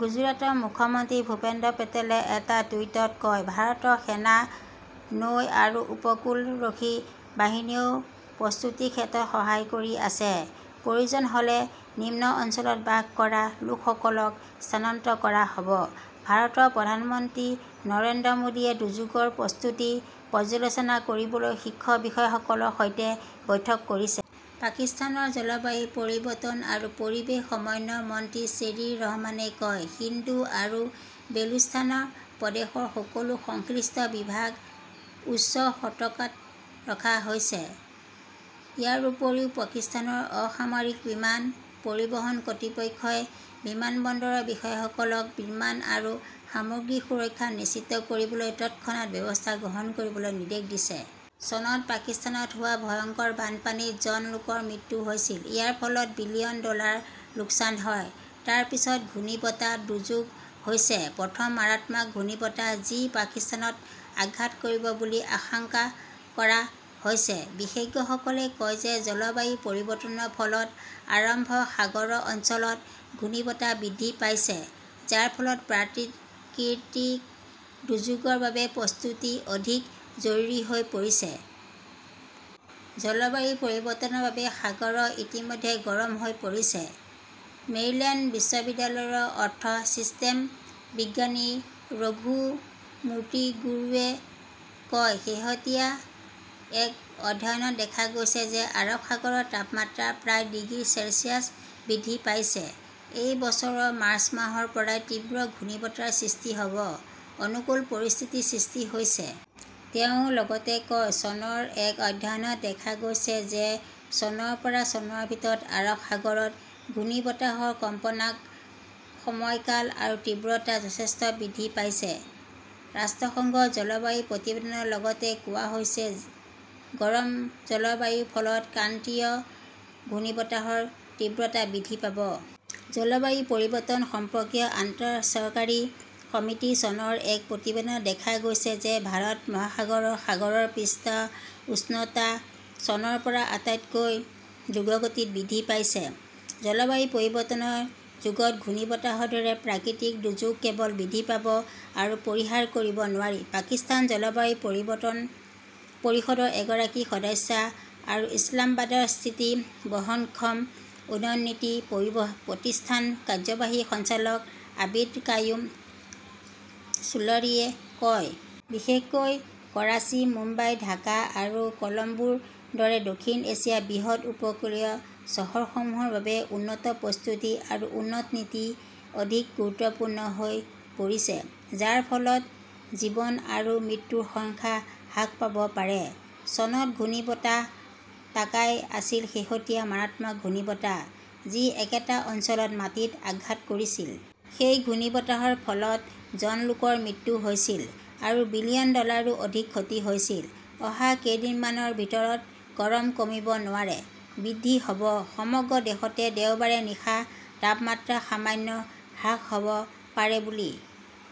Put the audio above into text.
গুজৰাটৰ মুখ্যমন্ত্ৰী ভূপেন্দ্ৰ পেটেলে এটা টুইটত কয়, "ভাৰতৰ সেনা, নৌ আৰু উপকূলৰক্ষী বাহিনীয়েও প্ৰস্তুতিৰ ক্ষেত্ৰত সহায় কৰি আছে। প্ৰয়োজন হ "লে নিম্ন অঞ্চলত বাস কৰা লোকসকলক স্থানান্তৰ কৰা হ" ব। "ভাৰতৰ প্ৰধানমন্ত্ৰী নৰেন্দ্ৰ মোদীয়ে দুৰ্যোগৰ প্ৰস্তুতি পৰ্যালোচনা কৰিবলৈ শীৰ্ষ বিষয়াসকলৰ সৈতে বৈঠক কৰিছে। পাকিস্তানৰ জলবায়ু পৰিৱৰ্তন আৰু পৰিৱেশ সমন্বয় মন্ত্ৰী শ্বেৰী ৰহমানে কয়, "সিন্ধু আৰু বেলুচিস্তান প্ৰদেশৰ সকলো সংশ্লিষ্ট বিভাগ উচ্চ সতৰ্কতাত ৰখা হৈছে। "ইয়াৰ উপৰিও, পাকিস্তানৰ অসামৰিক বিমান পৰিবহণ কৰ্তৃপক্ষই বিমানবন্দৰৰ বিষয়াসকলক বিমান আৰু সামগ্ৰীৰ সুৰক্ষা নিশ্চিত কৰিবলৈ তৎক্ষণাত ব্যৱস্থা গ্ৰহণ কৰিবলৈ নিৰ্দেশ দিছে। চনত পাকিস্তানত হোৱা ভয়ংকৰ বানপানীত জন লোকৰ মৃত্যু হৈছিল। ইয়াৰ ফলত বিলিয়ন ডলাৰৰ লোকচান হয়। তাৰ পিছত ঘূৰ্ণীবতাহ "দুৰ্যোগ" হৈছে প্ৰথম মাৰাত্মক ঘূৰ্ণীবতাহ যি পাকিস্তানত আঘাত কৰিব বুলি আশংকা কৰা হৈছে। বিশেষজ্ঞসকলে কয় যে জলবায়ু পৰিৱৰ্তনৰ ফলত আৰৱ সাগৰ অঞ্চলত ঘূৰ্ণীবতাহ বৃদ্ধি পাইছে, যাৰ ফলত প্ৰাকৃতিক দুৰ্যোগৰ বাবে প্ৰস্তুতি অধিক জৰুৰী হৈ পৰিছে। "জলবায়ু পৰিৱৰ্তনৰ বাবে সাগৰ ইতিমধ্যে গৰম হৈ পৰিছে", মেৰিল্যাণ্ড বিশ্ববিদ্যালয়ৰ অৰ্থ চিষ্টেম বিজ্ঞানী ৰঘু মুৰ্টুগুডেয়ে কয়। "শেহতীয়া এক অধ্যয়নত দেখা গৈছে যে আৰৱ সাগৰৰ তাপমাত্ৰা প্ৰায় ডিগ্ৰী চেলছিয়াছ বৃদ্ধি পাইছে। এই বছৰৰ মাৰ্চ মাহৰ পৰাই তীব্ৰ ঘূৰ্ণীবতাহৰ সৃষ্টিৰ বাবে অনুকূল পৰিস্থিতিৰ সৃষ্টি হৈছে। "তেওঁ লগতে কয়", চনৰ এক অধ্যয়নত দেখা গৈছে যে চনৰ পৰা চনৰ ভিতৰত আৰৱ সাগৰত ঘূৰ্ণীবতাহৰ কম্পনাংক, সময়কাল আৰু তীব্ৰতা যথেষ্ট বৃদ্ধি পাইছে। "ৰাষ্ট্ৰসংঘৰ জলবায়ু প্ৰতিবেদনত লগতে কোৱা হৈছে", গৰম জলবায়ুৰ ফলত ক্ৰান্তীয় ঘূৰ্ণীবতাহৰ তীব্ৰতা বৃদ্ধি পাব। "জলবায়ু পৰিৱৰ্তন সম্পৰ্কীয় আন্তঃসৰকাৰী সমিতিৰ চনৰ এক প্ৰতিবেদনত দেখা গৈছে যে ভাৰত মহাসাগৰৰ সাগৰৰ পৃষ্ঠৰ উষ্ণতা চনৰ পৰা আটাইতকৈ দ্ৰুতগতিত বৃদ্ধি পাইছে। "জলবায়ু পৰিৱৰ্তনৰ যুগত ঘূৰ্ণীবতাহৰ দৰে প্ৰাকৃতিক দুৰ্যোগ কেৱল বৃদ্ধি পাব আৰু পৰিহাৰ কৰিব নোৱাৰি", পাকিস্তানৰ জলবায়ু পৰিৱৰ্তন পৰিষদৰ এগৰাকী সদস্য আৰু ইছলামাবাদস্থিত বহনক্ষম উন্নয়ন নীতি প্ৰতিষ্ঠানৰ কাৰ্যবাহী সঞ্চালক আবিদ কায়ুম চুলৰীয়ে কয়। বিশেষকৈ কৰাচী, মুম্বাই, ঢাকা আৰু কলম্বোৰ দৰে দক্ষিণ এছিয়াৰ বৃহৎ উপকূলীয় চহৰসমূহৰ বাবে উন্নত প্ৰস্তুতি আৰু উন্নত নীতি অধিক গুৰুত্বপূৰ্ণ হৈ পৰিছে; যাৰ ফলত জীৱন আৰু মৃত্যুৰ সংখ্যা হ্ৰাস পাব পাৰে। " চনত ঘূৰ্ণীবতাহ" তাকাই "আছিল শেহতীয়া মাৰাত্মক ঘূৰ্ণীবতাহ, যি একেটা অঞ্চলৰ মাটিত আঘাত কৰিছিল। সেই ঘূৰ্ণীবতাহৰ ফলত জন লোকৰ মৃত্যু হৈছিল আৰু বিলিয়ন ডলাৰৰো অধিক ক্ষতি হৈছিল। অহা কেইদিনমানৰ ভিতৰত গৰম কমিব নোৱাৰে, বৃদ্ধি হ 'ব সমগ্ৰ দেশতে দেওবাৰে নিশাৰ তাপমাত্ৰা সামান্য হ্ৰাস হ "ব পাৰে বুলি